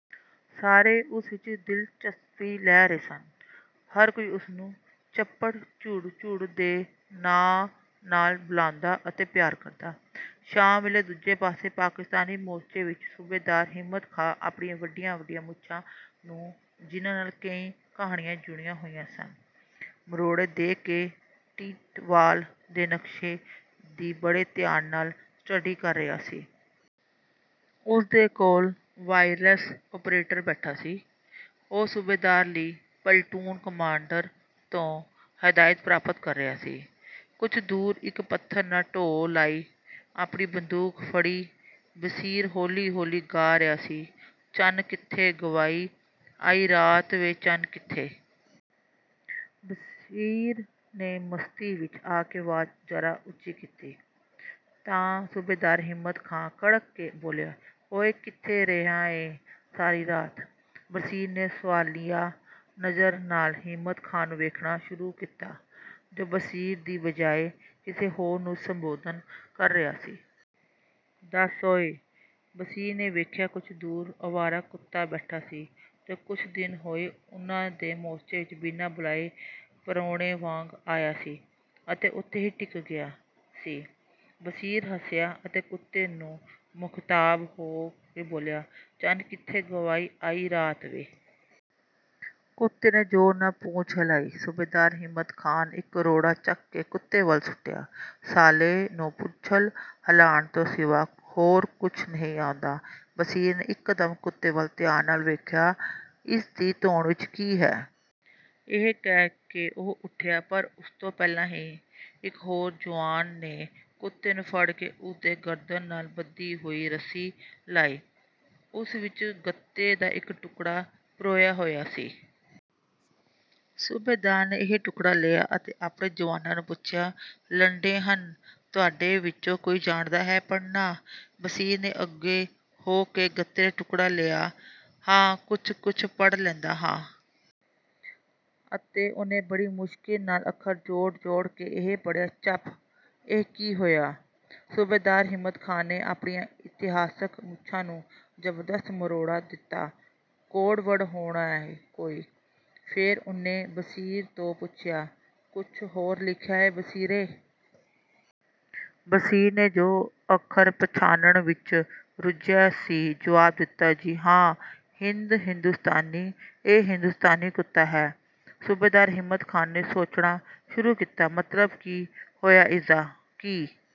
ਸਾਰੇ ਉਸ ਵਿੱਚ ਦਿਲਚਸਪੀ ਲੈ ਰਹੇ ਸਨ। ਹਰ ਕੋਈ ਉਸਨੂੰ ਚਪੜਝੁੜਝੁੜ ਦੇ ਨਾਂ ਨਾਲ ਬੁਲਾਉਂਦਾ ਅਤੇ ਪਿਆਰ ਕਰਦਾ। ਸ਼ਾਮ ਵੇਲੇ ਦੂਜੇ ਪਾਸੇ ਪਾਕਿਸਤਾਨੀ ਮੋਰਚੇ ਵਿੱਚ ਸੂਬੇਦਾਰ ਹਿੰਮਤ ਖਾਂ ਆਪਣੀਆਂ ਵੱਡੀਆਂ ਵੱਡੀਆਂ ਮੁੱਛਾਂ ਨੂੰ ਜਿਨ੍ਹਾਂ ਨਾਲ ਕਈ ਕਹਾਣੀਆਂ ਜੁੜੀਆਂ ਹੋਈਆਂ ਸਨ ਮਰੋੜੇ ਦੇ ਕੇ ਟੀਟਵਾਲ ਦੇ ਨਕਸ਼ੇ ਦੀ ਬੜੇ ਧਿਆਨ ਨਾਲ ਸਟੱਡੀ ਕਰ ਰਿਹਾ ਸੀ। ਉਸ ਦੇ ਕੋਲ ਵਾਇਰਲੈਸ ਓਪਰੇਟਰ ਬੈਠਾ ਸੀ ਉਹ ਸੂਬੇਦਾਰ ਲਈ ਪਲਟੂਨ ਕਮਾਂਡਰ ਤੋਂ ਹਦਾਇਤ ਪ੍ਰਾਪਤ ਕਰ ਰਿਹਾ ਸੀ। ਕੁਝ ਦੂਰ ਇੱਕ ਪੱਥਰ ਨਾਲ ਢੋਹ ਲਾਈ ਆਪਣੀ ਬੰਦੂਕ ਫੜੀ ਬਸ਼ੀਰ ਹੌਲੀ ਹੌਲੀ ਗਾ ਰਿਹਾ ਸੀ ਚੰਨ ਕਿੱਥੇ ਗਵਾਈ ਆਈ ਰਾਤ ਵੇ ਚੰਨ ਕਿੱਥੇ। ਬਸ਼ੀਰ ਨੇ ਮਸਤੀ ਵਿੱਚ ਆ ਕੇ ਆਵਾਜ਼ ਜ਼ਰਾ ਉਚੀ ਕੀਤੀ ਤਾਂ ਸੂਬੇਦਾਰ ਹਿੰਮਤ ਖਾਂ ਕੜਕ ਕੇ ਬੋਲਿਆ ਓਏ ਕਿੱਥੇ ਰਿਹਾ ਏਂ ਸਾਰੀ ਰਾਤ। ਬਸ਼ੀਰ ਨੇ ਸੁਆਲੀਆ ਨਜ਼ਰ ਨਾਲ ਹਿੰਮਤ ਖਾਂ ਨੂੰ ਵੇਖਣਾ ਸ਼ੁਰੂ ਕੀਤਾ ਜੋ ਬਸ਼ੀਰ ਦੀ ਬਜਾਏ ਕਿਸੇ ਹੋਰ ਨੂੰ ਸੰਬੋਧਨ ਕਰ ਰਿਹਾ ਸੀ। ਦੱਸ ਓਏ। ਬਸ਼ੀਰ ਨੇ ਵੇਖਿਆ ਕੁੱਝ ਦੂਰ ਆਵਾਰਾ ਕੁੱਤਾ ਬੈਠਾ ਸੀ ਜੋ ਕੁੱਝ ਦਿਨ ਹੋਏ ਉਨ੍ਹਾਂ ਦੇ ਮੋਰਚੇ ਵਿੱਚ ਬਿਨਾਂ ਬੁਲਾਏ ਪਰਾਹੁਣੇ ਵਾਂਗ ਆਇਆ ਸੀ ਅਤੇ ਉਥੇ ਹੀ ਟਿਕ ਗਿਆ ਸੀ। ਬਸ਼ੀਰ ਹੱਸਿਆ ਅਤੇ ਕੁੱਤੇ ਨੂੰ ਮੁਖਤਾਬ ਹੋ ਕੇ ਬੋਲਿਆ ਚੰਨ ਕਿੱਥੇ ਗਵਾਈ ਆਈ ਰਾਤ ਵੇ। ਕੁੱਤੇ ਨੇ ਜ਼ੋਰ ਨਾਲ ਪੂਛ ਹਿਲਾਈ। ਸੂਬੇਦਾਰ ਹਿੰਮਤ ਖਾਂ ਨੇ ਇੱਕ ਰੋੜਾ ਚੱਕ ਕੇ ਕੁੱਤੇ ਵੱਲ ਸੁੱਟਿਆ ਸਾਲੇ ਨੂੰ ਪੂਛਲ ਹਿਲਾਉਣ ਤੋਂ ਸਿਵਾ ਹੋਰ ਕੁੱਝ ਨਹੀਂ ਆਉਂਦਾ। ਬਸ਼ੀਰ ਨੇ ਇੱਕਦਮ ਕੁੱਤੇ ਵੱਲ ਧਿਆਨ ਨਾਲ ਵੇਖਿਆ ਇਸ ਦੀ ਧੌਣ ਵਿੱਚ ਕੀ ਹੈ। ਇਹ ਕਹਿ ਕੇ ਉਹ ਉਠਿਆ ਪਰ ਉਸਤੋਂ ਪਹਿਲਾਂ ਹੀ ਇੱਕ ਹੋਰ ਜੁਆਨ ਨੇ ਕੁੱਤੇ ਨੂੰ ਫੜ ਕੇ ਉਸ ਦੀ ਗਰਦਨ ਨਾਲ ਬੱਧੀ ਹੋਈ ਰੱਸੀ ਲਾਹੀ। ਉਸ ਵਿੱਚ ਗੱਤੇ ਦਾ ਇੱਕ ਟੁਕੜਾ ਪਰੋਇਆ ਹੋਇਆ ਸੀ। ਸੂਬੇਦਾਰ ਨੇ ਇਹ ਟੁਕੜਾ ਲਿਆ ਅਤੇ ਆਪਣੇ ਜੁਆਨਾਂ ਨੂੰ ਪੁੱਛਿਆ ਲੰਡੇ ਹਨ ਤੁਹਾਡੇ ਵਿੱਚੋਂ ਕੋਈ ਜਾਣਦਾ ਹੈ ਪੜ੍ਹਨਾ। ਬਸ਼ੀਰ ਨੇ ਅੱਗੇ ਹੋ ਕੇ ਗੱਤੇ ਦਾ ਟੁਕੜਾ ਲਿਆ ਹਾਂ ਕੁੱਝ ਕੁੱਝ ਪੜ੍ਹ ਲੈਂਦਾ ਹਾਂ। ਅਤੇ ਉਹਨੇ ਬੜੀ ਮੁਸ਼ਕਲ ਨਾਲ ਅੱਖਰ ਜੋੜ ਜੋੜ ਕੇ ਇਹ ਪੜ੍ਹਿਆ ਚਪ ਇਹ ਕੀ ਹੋਇਆ। ਸੂਬੇਦਾਰ ਹਿੰਮਤ ਖਾਂ ਨੇ ਆਪਣੀਆਂ ਇਤਿਹਾਸਕ ਮੁੱਛਾਂ ਨੂੰ ਜ਼ਬਰਦਸਤ ਮਰੋੜਾ ਦਿੱਤਾ ਕੋਡ ਵਰਡ ਹੋਣਾ ਏ ਕੋਈ। ਫਿਰ ਉਹਨੇ ਬਸ਼ੀਰ ਤੋਂ ਪੁੱਛਿਆ ਕੁੱਝ ਹੋਰ ਲਿਖਿਆ ਏ ਬਸ਼ੀਰੇ। ਬਸ਼ੀਰ ਨੇ ਜੋ ਅੱਖਰ ਪਛਾਨਣ ਵਿੱਚ ਰੁੱਝਿਆ ਸੀ ਜਵਾਬ ਦਿੱਤਾ ਜੀ ਹਾਂ ਹਿੰਦ ਹਿੰਦੋਸਤਾਨੀ ਇਹ ਹਿੰਦੋਸਤਾਨੀ ਕੁੱਤਾ ਹੈ। ਸੂਬੇਦਾਰ ਹਿੰਮਤ ਖਾਂ ਨੇ ਸੋਚਣਾ ਸ਼ੁਰੂ ਕੀਤਾ, ਮਤਲਬ ਕੀ ਹੋਇਆ ਇਸਦਾ? ਕੀ